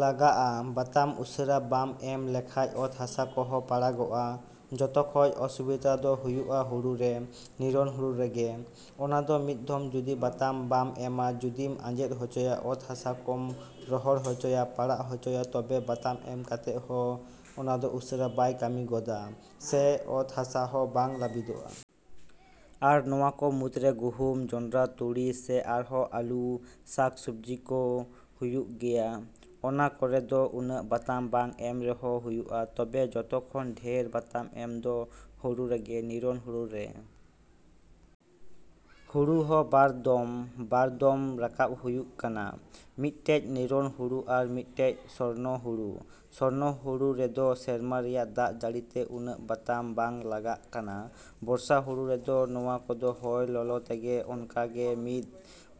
ᱞᱟᱜᱟᱜᱼᱟ᱾ ᱵᱟᱛᱟᱱ ᱩᱥᱟᱹᱨᱟ ᱵᱟᱢ ᱮᱢ ᱞᱮᱠᱷᱟᱡ ᱚᱛ ᱦᱟᱥᱟ ᱠᱚᱦᱚᱸ ᱯᱟᱲᱟᱜᱚᱜᱼᱟ᱾ ᱡᱚᱛᱚ ᱠᱷᱚᱡ ᱚᱥᱩᱵᱤᱫᱷᱟ ᱫᱚ ᱦᱩᱭᱩᱜᱼᱟ ᱦᱩᱲᱩᱨᱮ, ᱱᱤᱨᱚᱱ ᱦᱩᱲᱩ ᱨᱮᱜᱮ᱾ ᱚᱱᱟᱫᱚ ᱢᱤᱫ ᱫᱚᱢ ᱡᱩᱫᱤ ᱵᱟᱛᱟᱱ ᱵᱟᱢ ᱮᱢᱟ, ᱡᱩᱫᱤᱢ ᱟᱸᱡᱮᱫ ᱦᱚᱪᱚᱭᱟ, ᱚᱛ ᱦᱟᱥᱟ ᱠᱚᱢ ᱨᱚᱦᱚᱲ ᱦᱚᱪᱚᱭᱟ, ᱯᱟᱲᱟᱜ ᱦᱚᱪᱚᱭᱟ, ᱛᱚᱵᱮ ᱵᱟᱛᱟᱱ ᱮᱢ ᱠᱟᱛᱮᱫ ᱦᱚᱸ ᱚᱱᱟᱫᱚ ᱩᱥᱟᱹᱨᱟ ᱵᱟᱭ ᱠᱟᱹᱢᱤ ᱜᱚᱫᱟ ᱥᱮ ᱚᱭ ᱦᱟᱥᱟ ᱠᱚ ᱵᱟᱝ ᱞᱟᱹᱵᱤᱫᱚᱜ-ᱟ ᱾ ᱟᱨ ᱱᱚᱣᱟ ᱠᱚ ᱢᱩᱫᱽᱨᱮ ᱜᱩᱦᱩᱢ, ᱡᱚᱱᱰᱨᱟ, ᱛᱩᱲᱤ ᱥᱮ ᱟᱨᱦᱚᱸ ᱟᱹᱞᱩ, ᱥᱟᱠᱼᱥᱚᱵᱽᱡᱤ ᱠᱚ ᱦᱤᱭᱩᱜ ᱜᱮᱭᱟ᱾ ᱚᱱᱟ ᱠᱚᱨᱮ ᱫᱚ ᱩᱱᱟᱹᱜ ᱵᱟᱛᱟᱱ ᱵᱟᱝ ᱨᱮᱦᱚᱸ ᱦᱩᱭᱩᱜᱼᱟ᱾ ᱛᱚᱵᱮ ᱡᱚᱛᱚ ᱠᱷᱚᱱ ᱰᱷᱮᱨ ᱵᱟᱛᱟᱱ ᱮᱢ ᱫᱚ ᱦᱩᱲᱩ ᱨᱮᱜᱮ, ᱱᱤᱨᱚᱱ ᱦᱩᱲᱩ ᱨᱮ᱾ ᱦᱩᱲᱩ ᱦᱚᱸ ᱵᱟᱨ ᱫᱚᱢ, ᱵᱟᱨ ᱫᱚᱢ ᱨᱟᱠᱟᱵᱽ ᱦᱩᱭᱩᱜ ᱠᱟᱱᱟ᱾ ᱢᱤᱫᱴᱮᱡ ᱱᱤᱨᱚᱱ ᱦᱩᱲᱩ ᱟᱨ ᱢᱤᱫᱴᱮᱡ ᱥᱚᱨᱱᱚ ᱦᱩᱲᱩ᱾ ᱥᱚᱨᱱᱚ ᱦᱩᱲᱩ ᱨᱮᱫᱚ ᱥᱮᱨᱢᱟ ᱨᱮᱭᱟᱜ ᱫᱟᱜ ᱡᱟᱹᱲᱤᱛᱮ ᱩᱱᱟᱹᱜ ᱵᱟᱛᱟᱱ ᱵᱟᱝ ᱞᱟᱜᱟᱜ ᱠᱟᱱᱟ᱾ ᱵᱚᱨᱥᱟ ᱦᱩᱲᱩ ᱨᱮᱫᱚ ᱱᱚᱣᱟ ᱫᱚ ᱦᱚᱭ ᱞᱚᱞᱚ ᱛᱮᱜᱮ ᱚᱱᱠᱟ ᱜᱮ ᱢᱤᱫ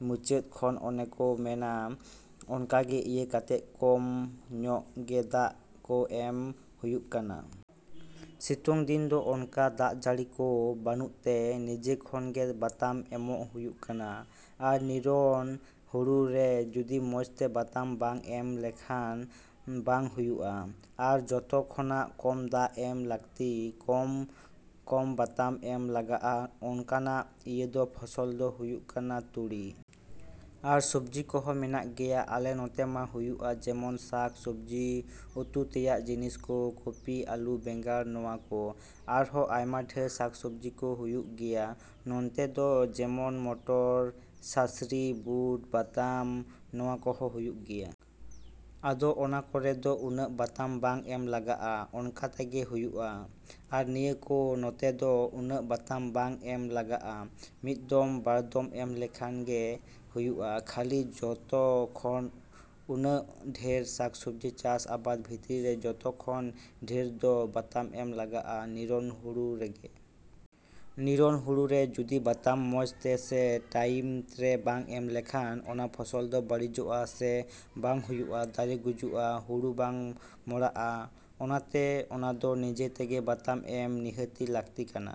ᱢᱩᱪᱟᱹᱫ ᱠᱷᱚᱱ ᱚᱱᱮ ᱠᱚ ᱢᱮᱱᱟ, ᱚᱱᱠᱟ ᱜᱮ ᱤᱭᱟᱹ ᱠᱟᱛᱮᱫ ᱠᱚᱢ ᱧᱚᱜ ᱜᱮ ᱫᱟᱜ ᱠᱚ ᱮᱢ ᱦᱩᱭᱩᱜ ᱠᱟᱱᱟ᱾ ᱥᱤᱛᱩᱝ ᱫᱤᱱ ᱫᱚ ᱚᱱᱠᱟ ᱫᱟᱜ ᱡᱟᱹᱲᱤ ᱠᱚ ᱵᱟᱹᱱᱩᱜ ᱛᱮ, ᱱᱤᱡᱮ ᱠᱷᱚᱱ ᱜᱮ ᱵᱟᱛᱟᱱ ᱮᱢᱚᱜ ᱦᱩᱭᱩᱜ ᱠᱟᱱᱟ᱾ ᱟᱨ ᱱᱤᱨᱚᱱ ᱦᱩᱲᱩ ᱨᱮ ᱡᱩᱫᱤ ᱢᱚᱡᱽ ᱛᱮ ᱵᱟᱛᱟᱱ ᱵᱟᱝ ᱮᱢ ᱞᱮᱠᱷᱟᱱ ᱵᱟᱝ ᱦᱩᱭᱩᱜᱼᱟ᱾ ᱟᱨ ᱡᱚᱛᱚ ᱠᱷᱚᱱᱟᱜ ᱠᱚᱢ ᱫᱟᱜ ᱮᱢ ᱞᱟᱹᱠᱛᱤ, ᱠᱚᱢ ᱠᱚᱢ ᱵᱟᱛᱟᱱ ᱮᱢ ᱞᱟᱜᱟᱜᱼᱟ ᱚᱱᱠᱟᱱᱟᱜ ᱤᱭᱟᱹ ᱫᱚ ᱯᱷᱚᱥᱚᱞ ᱫᱚ ᱦᱩᱭᱩᱜ ᱠᱟᱱᱟ ᱛᱩᱲᱤ᱾ ᱟᱨ ᱥᱚᱵᱽᱡᱤ ᱠᱚᱦᱚᱸ ᱢᱮᱱᱟᱜ ᱜᱮᱭᱟ, ᱟᱞᱮ ᱱᱚᱛᱮ ᱢᱟ ᱦᱩᱭᱩᱜᱼᱟ ᱡᱮᱢᱚᱱ ᱥᱟᱠ ᱥᱚᱵᱽᱡᱤ, ᱩᱛᱩ ᱛᱮᱭᱟᱜ ᱡᱤᱱᱤᱥ ᱠᱚ, ᱠᱚᱯᱤ, ᱟᱹᱞᱩ, ᱵᱮᱸᱜᱟᱲ ᱱᱚᱣᱟ ᱠᱚ᱾ ᱟᱨᱦᱚᱸ ᱟᱭᱢᱟ ᱰᱷᱮᱨ ᱥᱟᱠ ᱥᱚᱵᱽᱡᱤ ᱠᱚ ᱦᱩᱭᱩᱜ ᱜᱮᱭᱟ ᱱᱚᱱᱛᱮ ᱫᱚ ᱡᱮᱢᱚᱱ ᱢᱚᱴᱚᱨ, ᱢᱟᱹᱥᱨᱤ, ᱵᱩᱴ, ᱵᱟᱫᱟᱢ ᱱᱚᱣᱟ ᱠᱚᱦᱚᱸ ᱦᱩᱭᱩᱜ ᱜᱮᱭᱟ᱾ ᱟᱫᱚ ᱚᱱᱟ ᱠᱚᱨᱮ ᱫᱚ ᱩᱱᱟᱹᱜ ᱵᱟᱛᱟᱱ ᱵᱟᱝ ᱮᱢ ᱞᱟᱜᱟᱜᱼᱟ᱾ ᱚᱱᱠᱟ ᱛᱮᱜᱮ ᱦᱩᱭᱩᱜᱼᱟ᱾ ᱟᱨ ᱱᱤᱭᱟᱹ ᱠᱚ ᱱᱚᱛᱮ ᱫᱚ ᱩᱱᱟᱹᱜ ᱵᱟᱛᱟᱱ ᱵᱟᱝ ᱮᱢ ᱞᱟᱜᱟᱜᱼᱟ, ᱢᱤᱫ ᱫᱚᱢ, ᱵᱟᱨ ᱫᱚᱢ ᱮᱢ ᱞᱮᱠᱷᱟᱡ ᱜᱮ ᱦᱩᱭᱩᱜᱼᱟ᱾ ᱠᱷᱟᱹᱞᱤ ᱡᱚᱛᱚ ᱠᱷᱚᱱ ᱩᱱᱟᱹᱜ ᱰᱷᱮᱨ ᱥᱟᱠᱼᱥᱚᱵᱽᱡᱤ ᱪᱟᱥ ᱟᱵᱟᱫ ᱵᱷᱤᱛᱨᱤ ᱨᱮ ᱡᱚᱛᱚ ᱠᱷᱚᱱ ᱰᱷᱮᱨ ᱫᱚ ᱵᱟᱛᱟᱱ ᱮᱢ ᱞᱟᱜᱟᱜᱼᱟ ᱱᱤᱨᱚᱱ ᱦᱩᱲᱩ ᱨᱮᱜᱮ᱾ ᱱᱤᱨᱚᱱ ᱦᱩᱲᱩ ᱨᱮ ᱡᱩᱫᱤ ᱵᱟᱛᱟᱱ ᱢᱚᱡᱽ ᱛᱮ ᱥᱮ ᱴᱟᱭᱤᱢ ᱨᱮ ᱵᱟᱝ ᱮᱢ ᱞᱮᱠᱷᱟᱱ, ᱚᱱᱟ ᱯᱷᱚᱥᱚᱞ ᱫᱚ ᱵᱟᱹᱲᱤᱡᱚᱜ-ᱟ, ᱥᱮ ᱵᱟᱝ ᱦᱩᱭᱩᱜᱼᱟ, ᱫᱟᱨᱮ ᱜᱩᱡᱩᱜᱼᱟ, ᱦᱩᱲᱩ ᱵᱟᱝ ᱢᱚᱲᱟᱜᱼᱟ᱾ ᱚᱱᱟᱛᱮ ᱚᱱᱟᱫᱚ ᱱᱤᱡᱮ ᱛᱮᱜᱮ ᱵᱟᱛᱟᱱ ᱮᱢ ᱱᱤᱦᱟᱹᱛᱤ ᱞᱟᱹᱠᱛᱤ ᱠᱟᱱᱟ